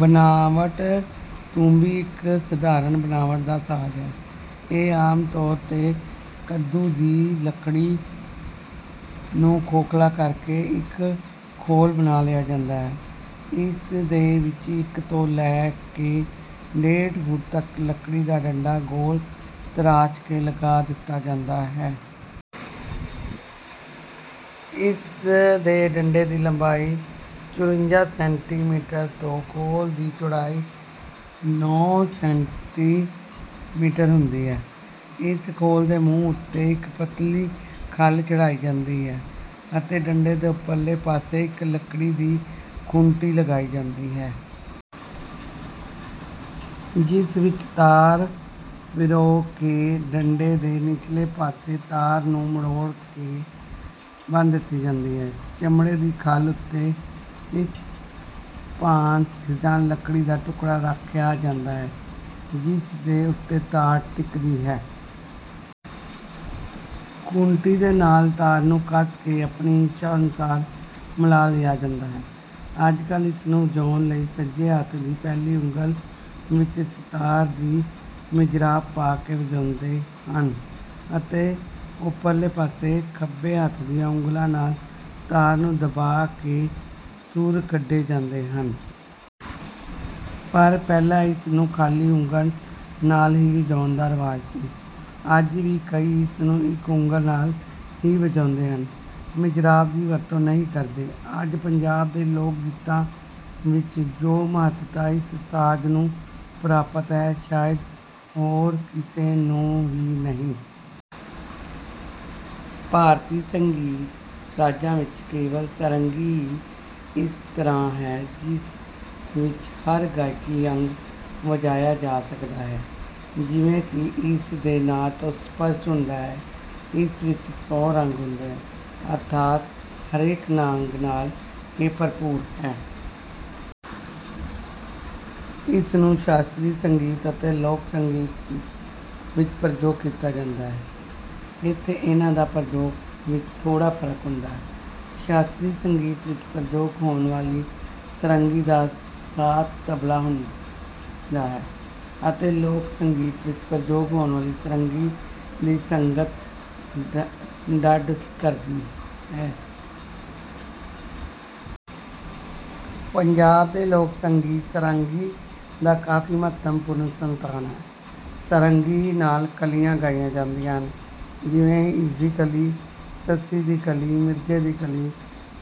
ਬਣਾਵਟ ਤੂੰਬੀ ਇੱਕ ਸਧਾਰਣ ਬਣਾਵਟ ਦਾ ਸਾਜ਼ ਹੈ। ਇਹ ਆਮ ਤੌਰ ਤੇ ਕੱਦੂ ਦੀ ਲਕੜੀ ਨੂੰ ਖੋਖਲਾ ਕਰ ਕੇ ਇੱਕ ਖੋਲ ਬਣਾ ਲਿਆ ਜਾਂਦਾ ਹੈ। ਇਸ ਦੇ ਵਿੱਚ ਇੱਕ ਤੋਂ ਲੈ ਕੇ ਡੇਢ ਫੁੱਟ ਤਕ ਲਕੜੀ ਦਾ ਡੰਡਾ ਗੋਲ ਤਰਾਸ਼ ਕੇ ਲਗਾ ਦਿੱਤਾ ਜਾਂਦਾ ਹੈ। ਇਸ ਦੇ ਡੰਡੇ ਦੀ ਲੰਬਾਈ ਚੁਰੰਜਾ ਸੈਂਟੀਮੀਟਰ ਤੇ ਖੋਲ ਦੀ ਚੌੜਾਈ ਨੌ ਸੈਂਟੀਮੀਟਰ ਹੁੰਦੀ ਹੈ। ਇਸ ਖੋਲ ਦੇ ਮੂੰਹ ਉੱਤੇ ਇੱਕ ਪਤਲੀ ਖੱਲ ਚੜਾਈ ਜਾਂਦੀ ਹੈ ਅਤੇ ਡੰਡੇ ਦੇ ਉੱਪਰਲੇ ਪਾਸੇ ਇੱਕ ਲੱਕੜੀ ਦੀ ਖੂੰਟੀ ਲਗਾਈ ਜਾਂਦੀ ਹੈ। ਜਿਸ ਵਿੱਚ ਤਾਰ ਪਿਰੋ ਕੇ ਡੰਡੇ ਦੇ ਨਿਚਲੇ ਪਾਸੇ ਤਾਰ ਨੂੰ ਮਰੋੜੀ ਦੇ ਕੇ ਬੰਨ੍ਹ ਦਿੱਤੀ ਜਾਂਦੀ ਹੈ। ਚਮੜੇ ਦੀ ਖੋਲ ਉੱਤੇ ਇੱਕ ਭਾਂਸ ਜਾਂ ਲਕੜੀ ਦਾ ਟੁਕੜਾ ਰੱਖਿਆ ਜਾਂਦਾ ਹੈ ਜਿਸ ਦੇ ਉੱਤੇ ਤਾਰ ਟਿਕਦੀ ਹੈ। ਖੂੰਟੀ ਦੇ ਨਾਲ ਤਾਰ ਨੂੰ ਕੱਸ ਕੇ ਆਪਣੀ ਇੱਛਾ ਅਨੁਸਾਰ ਮਿਲਾ ਲਿਆ ਜਾਂਦਾ ਹੈ। ਅੱਜ ਕਲ੍ਹ ਇਸ ਨੂੰ ਵਜਾਉਣ ਲਈ ਸੱਜੇ ਹੱਥ ਦੀ ਪਹਿਲੀ ਉਂਗਲ ਵਿੱਚ ਸਿਤਾਰ ਦੀ ਮਿਜਰਾਬ ਪਾ ਕੇ ਵਜਾਉਂਦੇ ਹਨ ਅਤੇ ਉੱਪਰਲੇ ਪਾਸੇ ਖੱਬੇ ਹੱਥ ਦੀਆਂ ਉਂਗਲਾਂ ਨਾਲ ਤਾਰ ਨੂੰ ਦਬਾ ਕੇ ਸੁਰ ਕੱਢੇ ਜਾਂਦੇ ਹਨ। ਪਰ ਪਹਿਲਾ ਇਸ ਨੂੰ ਖ਼ਾਲੀ ਉਂਗਲ ਨਾਲ ਹੀ ਵਜਾਉਣ ਦਾ ਰਿਵਾਜ ਸੀ। ਅੱਜ ਵੀ ਕਈ ਇਸ ਨੂੰ ਇੱਕ ਉਂਗਲ ਨਾਲ ਹੀ ਵਜਾਉਂਦੇ ਹਨ, ਮਿਜਰਾਬ ਦੀ ਵਰਤੋਂ ਨਹੀਂ ਕਰਦੇ। ਅੱਜ ਪੰਜਾਬ ਦੇ ਲੋਕ ਗੀਤਾਂ ਵਿੱਚ ਜੋ ਮਹੱਤਤਾ ਇਸ ਸਾਜ਼ ਨੂੰ ਪ੍ਰਾਪਤ ਹੈ ਸ਼ਾਇਦ ਹੋਰ ਕਿਸੇ ਨੂੰ ਵੀ ਨਹੀ। ਭਾਰਤੀ ਸੰਗੀਤ ਸਾਜ਼ਾਂ ਵਿੱਚ ਕੇਵਲ ਸਾਰੰਗੀ ਹੀ ਇਸ ਤਰ੍ਹਾਂ ਹੈ ਜਿਸ ਵਿੱਚ ਹਰ ਗਾਇਕੀ ਅੰਗ ਵਜਾਇਆ ਜਾ ਸਕਦਾ ਹੈ। ਜਿਵੇਂ ਕਿ ਇਸ ਦੇ ਨਾਂ ਤੋਂ ਸਪੱਸ਼ਟ ਹੁੰਦਾ ਹੈ ਇਸ ਵਿੱਚ ਸੌ ਰੰਗ ਹੁਦੇ ਹਨ ਅਰਥਾਤ ਹਰੇਕ ਰੰਗ ਨਾਲ ਇਹ ਭਰਪੂਰ ਹੈ। ਇਸ ਨੂੰ ਸ਼ਾਸਤਰੀ ਸੰਗੀਤ ਅਤੇ ਲੋਕ ਸੰਗੀਤ ਵਿੱਚ ਪ੍ਰਯੋਗ ਕੀਤਾ ਜਾਂਦਾ ਹੈ। ਇੱਥੇ ਇਹਨਾਂ ਦੇ ਪ੍ਰਯੋਗ ਵਿੱਚ ਥੋੜਾ ਫ਼ਰਕ ਹੁੰਦਾ ਹੈ। ਸ਼ਾਸਤਰੀ ਸੰਗੀਤ ਵਿੱਚ ਪ੍ਰਯੋਗ ਹੋਣ ਵਾਲੀ ਸਾਰੰਗੀ ਦਾ ਸਾਥ ਤਬਲਾ ਦਿੰਦਾ ਹੈ ਅਤੇ ਲੋਕ ਸੰਗੀਤ ਵਿੱਚ ਪ੍ਰਯੋਗ ਹੋਣ ਵਾਲੀ ਸਾਰੰਗੀ ਦੀ ਸੰਗਤ ਢੱਡ ਕਰਦੀ ਹੈ। ਪੰਜਾਬ ਦੇ ਲੋਕ ਸੰਗੀਤ ਸਾਰੰਗੀ ਦਾ ਕਾਫ਼ੀ ਮਹੱਤਵਪੂਰਣ ਸਥਾਨ ਹੈ। ਸਾਰੰਗੀ ਨਾਲ ਕਲੀਆਂ ਗਾਈਆਂ ਜਾਦੀਆਂ ਹਨ| ਜਿਵੇਂ ਹੀਰ ਦੀ ਕਲੀ, ਸੱਸੀ ਦੀ ਕਲੀ, ਮਿਰਜ਼ੇ ਦੀ ਕਲੀ,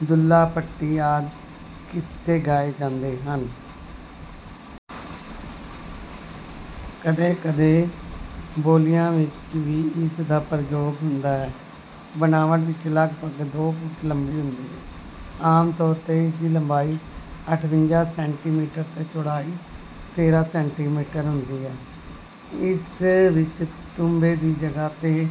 ਦੁੱਲਾ ਭੱਟੀ ਆਦਿ ਕਿਸੇ ਗਾਏ ਜਾਂਦੇ ਹਨ। ਕਦੇ-ਕਦੇ ਬੋਲੀਆਂ ਵਿੱਚ ਵੀ ਇਸ ਦਾ ਪ੍ਰਯੋਗ ਹੁੰਦਾ ਹੈ। ਬਣਾਵਟ ਇਹ ਲੱਗਪਗ ਦੋ ਫੁੱਟ ਲੰਬੀ ਹੁੰਦੀ ਹੈ। ਆਮ ਤੌਰ ਤੇ ਇਸ ਦੀ ਲੰਬਾਈ ਅਠਵੰਜਾ ਸੈਂਟੀਮੀਟਰ ਤੇ ਚੌੜਾਈ ਤੇਰਾਂ ਸੈਂਟੀਮੀਟਰ ਹੁੰਦੀ ਹੈ। ਇਸ ਵਿੱਚ ਤੂੰਬੇ ਦੀ ਜਗ੍ਹਾ ਤੇ